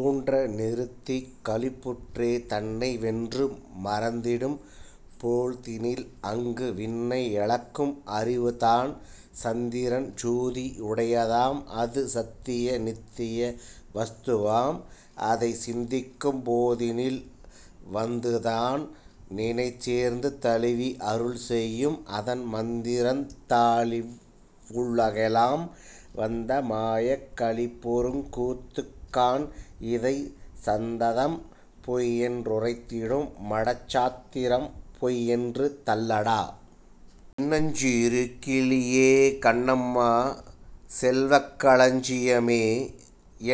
ஊன்ற நிறுத்திக் களிப்புற்றே தன்னை வென்று மறந்திடும் போழ்தினில் அங்கு விண்ணை யளக்கும் அறிவுதான்! சந்திரன் சோதி யுடையதாம்; அது சத்திய நித்திய வஸ்துவாம்; அதைச் சிந்திக்கும் போதினில் வந்துதான் நினைச் சேர்ந்து தழுவி அருள்செயும் -; அதன் மந்திரத் தாலிவ் வுலகெலாம் வந்த மாயக் களிப்பொருங் கூத்துக்காண் -'இதைச் சந்ததம் பொய்யென் றுரைத்திடும் மடச் சாத்திரம் பொய் யென்று தள்ளடா! சின்னஞ் சிறு கிளியே, கண்ணம்மா! செல்வக் களஞ்சியமே!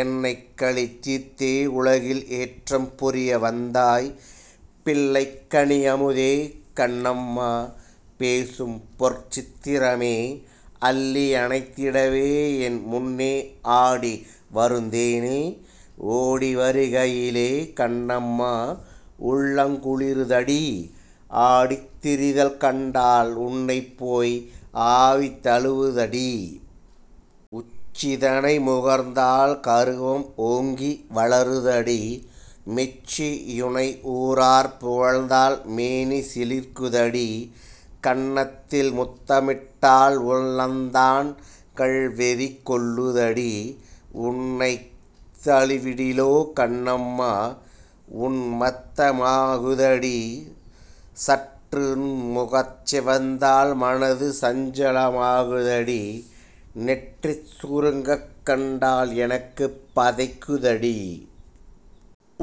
என்னைக் கலி தீர்த்தே உலகில் ஏற்றம் புரிய வந்தாய்! பிள்ளைக் கனியமுதே கண்ணம்மா பேசும்பொற் சித்திரமே! அள்ளி யணைத்திடவே என் முன்னே ஆடி வருந் தேனே!. ஓடி வருகையிலே கண்ணம்மா! உள்ளங் குளிரு தடீ! ஆடித்திரிதல் கண்டால் உன்னைப்போய் ஆவி தழுவு தடீ! உச்சி தனை முகபர்ந்தால் கருவம் ஓங்கி வளரு தடீ! மெச்சி யுனை யூரார் புகழ்ந்தால் மேனி சிலிர்க்குதடீ! கன்னத்தில் முத்தமிட்டால் உள்ளந்தான் கள்வெறி கொள்ளு தடீ! உன்னைத் தழுவிடிலோ கண்ணம்மா! உன்மத்த மாகுதடீ! சற்றுன் முகஞ் சிவந்தால் மனது சஞ்சல மாகு தடீ! நெற்றி சுருங்கக் கண்டால் எனக்கு நெஞ்சம் பதைக்கு தடீ!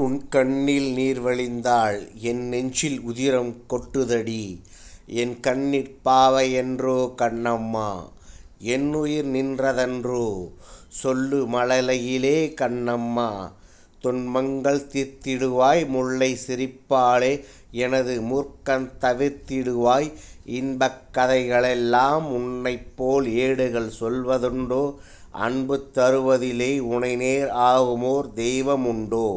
உன்கண்ணில் நீர்வழிந்தால் என்நெஞ்சில் உதிரம் கொட்டு தடீ! என்கண்ணிற் பாவையன்றோ? கண்ணம்மா! என்னுயிர் நின்றதன்றோ? சொல்லு மழலையிலே கண்ணம்மா! துன்பங்கள் தீர்த்திடு வாய்; முல்லைச் சிரிப்பாலே எனது மூர்க்கந் தவிர்த்திடு வாய். இன்பக் கதைகளெல்லாம் உன்னைப்போல் ஏடுகள் சொல்வ துண்டோ? அன்பு தருவதிலே உனைநேர் ஆகுமோர் தெய்வ முண்டோ?